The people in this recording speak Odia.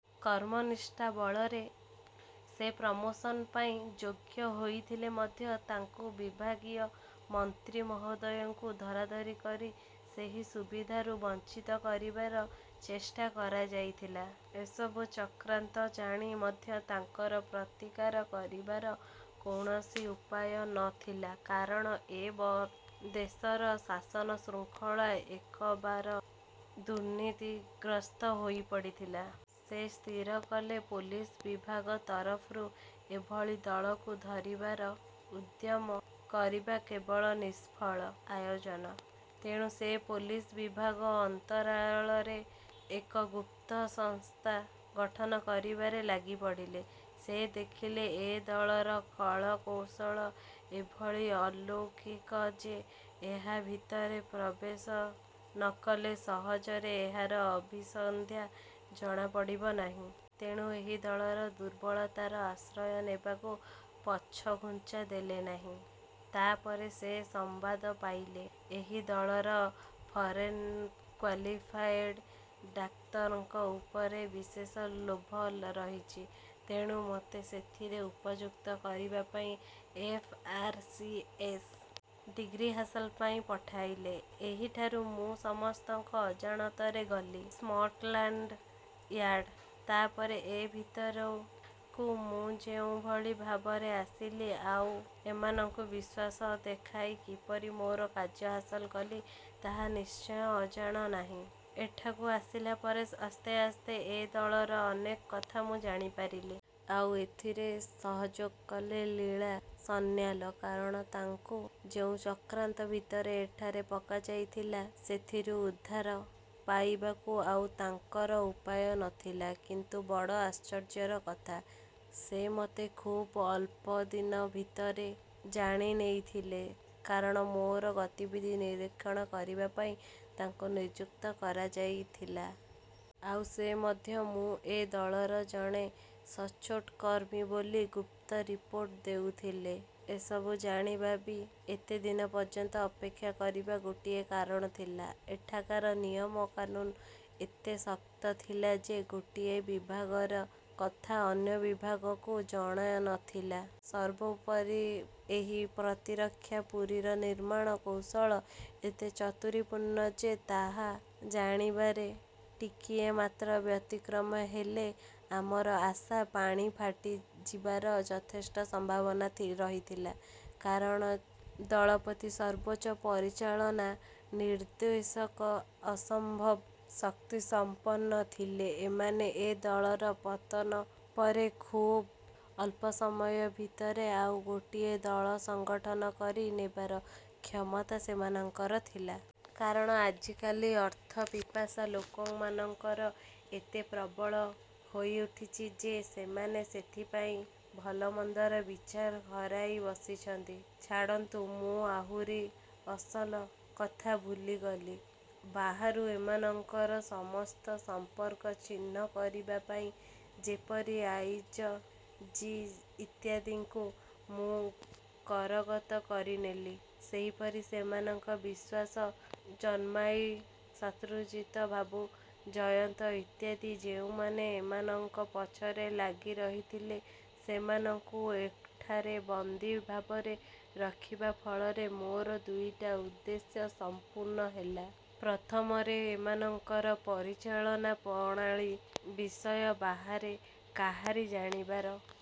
କର୍ମନିଷ୍ଠା ବଳରେ ସେ ପ୍ରମୋଶନ ପାଇଁ ଯୋଗ୍ୟ ହୋଇଥିଲେ ମଧ୍ୟ ତାଙ୍କୁ ବିଭାଗୀୟ ମନ୍ତ୍ରୀ ମହୋଦୟଙ୍କୁ ଧରାଧରି କରି ସେହି ସୁବିଧାରୁ। ବଞ୍ଚିତ କରିବାର ଚେଷ୍ଟା କରାଯାଇଥିଲା। ଏସ୍ବୁ ଚକ୍ରାନ୍ତ ଜାଣି ମଧ୍ୟ ତାଙ୍କର ପ୍ରତିକାର କରିବାର କୌଣସି ଉପାୟ ନ ଥିଲା। କାରଣ ଏ ଦେଶର ଶାସନ ଶୃଙ୍ଖଳା ଏକବାର ଦୁର୍ନୀତିଗ୍ରସ୍ତ ହୋଇ ପଡ଼ିଥିଲା। ସେ ସ୍ଥିର କଲେ, ପୋଲିସ ବିଭାଗ ତରଫରୁ ଏଭଳି ଦଳକୁ ଧରିବାର ଉଦ୍ୟମ କରିବା କେବଳ ନିଷ୍ଫଳ ଆୟୋଜନ। ତେଣୁ ସେ ପୋଲିସ ବିଭାଗ ଅନ୍ତରାଳରେ ଏକ ଗୁପ୍ତ ସଂସ୍ଥା ଗଠନ କରିବାରେ ଲାଗିପଡ଼ିଲେ। ସେ ଦେଖିଲେ ଏ ଦଳର କଳ କୌଶଳ ଏଭଳି ଅଲୌକିକ ଯେ, ଏହା ଭିତରେ ପ୍ରବେଶ ନ କଲେ ସହଜରେ ଏହାର ଅଭିସନ୍ଧି ଜଣାପଡ଼ିବ ନାହିଁ। ତେଣୁ ଏହି ଦଳର ଦୁର୍ବଳତାର ଆଶ୍ରୟ ନେବାକୁ ପଛଘୁଞ୍ଚା ଦେଲେ ନାହିଁ। ତା ପରେ ସେ ସମ୍ବାଦ ପାଇଲେ, ଏହି ଦଳର ଫରେନ୍ କ୍ୱାଲିଫାଏଡ୍ ଡାକ୍ତରଙ୍କ ଉପରେ ବିଶେଷ ଲୋଭ ରହିଛି। ତେଣୁ ମୋତେ ସେଥିରେ ଉପଯୁକ୍ତ କରିବା ପାଇଁ F. R. C. S. Degree ହାସଲ ପାଇଁ ପଠାଇଲେ। ସେହିଠାରୁ ମୁଁ ସମସ୍ତଙ୍କ ଅଜାଣତରେ ଗଳି ସ୍ମଟ୍ଲାଣ୍ଡ ୟାର୍ଡ଼। ତା ପରେ ଏ ଭିତରକୁ ମୁଁ ଯେଉଁଭଳି ଭାବରେ ଆସିଲି ଆଉ ଏମାନଙ୍କୁ ବିଶ୍ୱାସ ଦେଖାଇ କିପରି ମୋର କାର୍ଯ୍ୟ ହାସଲ କଲି, ତାହା ନିଶ୍ଚୟ ଅଜଣା ନାହିଁ। ଏଠାକୁ ଆସିଲା ପରେ ଆସ୍ତେ ଆସ୍ତେ ଏ ଦଳର ଅନେକ କଥା ମୁଁ ଜାଣିପାରିଲି। ଆଉ ସେଥିରେ ସହଯୋଗ କଲେ ଲୀଳା ସନ୍ନ୍ୟାଲ। କାରଣ, ତାଙ୍କୁ ଯେଉଁ ଚକ୍ରାନ୍ତ ଭିତରେ ଏଠାରେ ପକାଯାଇଥିଲା, ସେଥିରୁ ଉଦ୍ଧାର ପାଇବାକୁ ଆଉ ତାଙ୍କର ଉପାୟ ନ ଥିଲା। କିନ୍ତୁ ବଡ଼ ଆଶ୍ଚର୍ଯ୍ୟର କଥା, ସେ ମୋତେ ଖୁବ୍ ଅଳ୍ପଦିନ ଭିତରେ ଜାଣି ନେଇଥିଲେ। କାରଣ ମୋର ଗତିବିଧି ନିରୀକ୍ଷଣ କରିବା ପାଇଁ ତାଙ୍କୁ ନିଯୁକ୍ତ କରାଯାଇଥଇଲା। ଆଉ ସେ ମଧ୍ୟ ମୁଁ ଏ ଦଳର ଜଣେ ସଚ୍ଚୋଟ କର୍ମୀ ବୋଲି ଗୁପ୍ତ ରିପୋର୍ଟ ଦେଉଥିଲେ। ଏସ୍ବୁ ଜାଣି ବି ଏତେଦିନ ପର୍ଯ୍ୟନ୍ତ ଅପେକ୍ଷା କରିବାର ଗୋଟିଏ କାରଣ ଥିଲା। ଏଠାକାର ନିୟମ କାନୁନ ଏତେ ଶକ୍ତ ଥିଲା ଯେ, ଗୋଟିଏ ବିଭାଗର କଥା ଅନ୍ୟ ବିଭାଗକୁ ଜଣା ନ ଥିଲା। ସର୍ବୋପରି ଏହି ପ୍ରତିରକ୍ଷାପୁରୀର ନିର୍ମାଣ କୌଶଳ ଏତେ ଚାତୁରୀପୂର୍ଣ୍ଣ ଯେ, ତାହା ଜାଣିବାରେ ଟିକିଏ ମାତ୍ର ବ୍ୟତିକ୍ରମ ହେଲେ, ଆମର ଆଶା ପାଣି ଫାଟିଯିବାର ଯଥେଷ୍ଟ ସମ୍ବାବନା ରହିଥିଲା। କାରଣ ଦଳପତି ସର୍ବୋଚ୍ଚ ପରିଚାଳନା-ନିର୍ଦ୍ଦେଶକ। ଅସମ୍ବବ ଶକ୍ତିସଂପନ୍ନ ଥିଲେ ଏମାନେ। ଏ ଦଳର ପତନ ପରେ ଖୁବ୍ ଅଳ୍ପ ସମୟ ଭିତରେ ଆଉ ଗୋଟିଏ ଦଳ ସଂଗଠନ କରି ନେବାର କ୍ଷମତା ସେମାନଙ୍କର ଥିଲା। କାରଣ ଆଜିକାଲି ଅର୍ଥପିପାସା ଲୋକମାନଙ୍କର ଏତେ ପ୍ରବଳ ହୋଇଉଠିଛି ଯେ, ସେମାନେ ସେଥିପାଇଁ ଭଲମନ୍ଦର ବିଚାର ହରାଇ ବସିଛନ୍ତି। ଛାଡ଼ନ୍ତୁ, ମୁଁ ଆହୁରି ଅସଲ କଥା ଭୁଲିଗଲି। ବାହାରୁ ଏମାନଙ୍କର ସମସ୍ତ ସମ୍ପର୍କ ଛିନ୍ନ କରିବା ପାଇଁ ଯେପରି ଆଇଯ ଜି. ଇତ୍ୟାଦିଙ୍କୁ ମୁଁ କରଗତ କରିନେଲି, ସେହିପରି ଏମାନଙ୍କ ବିଶ୍ୱାସ ଜନ୍ମାଇ ଶତ୍ରୁଜିତ ବାବୁ, ଜୟନ୍ତ ଇତ୍ୟାଦି ଯେଉଁମାନେ ଏମାନଙ୍କ ପଛରେ ଲାଗିରହିଥିଲେ, ସେମାନଙ୍କୁ ଏଠାରେ ବନ୍ଦୀ ଭାବରେ ରଖିବା ଫଳରେ ମୋର ଦୁଇଟା ଉଦ୍ଦେଶ୍ୟ ସଂପୂର୍ଣ୍ଣ ହେଲା। ପ୍ରଥମରେ ଏମାନଙ୍କର ପରିଚାଳନା ପ୍ରଣାଳୀ ବିଷୟ ବାହାରେ କାହାରି ଜାଣିବାର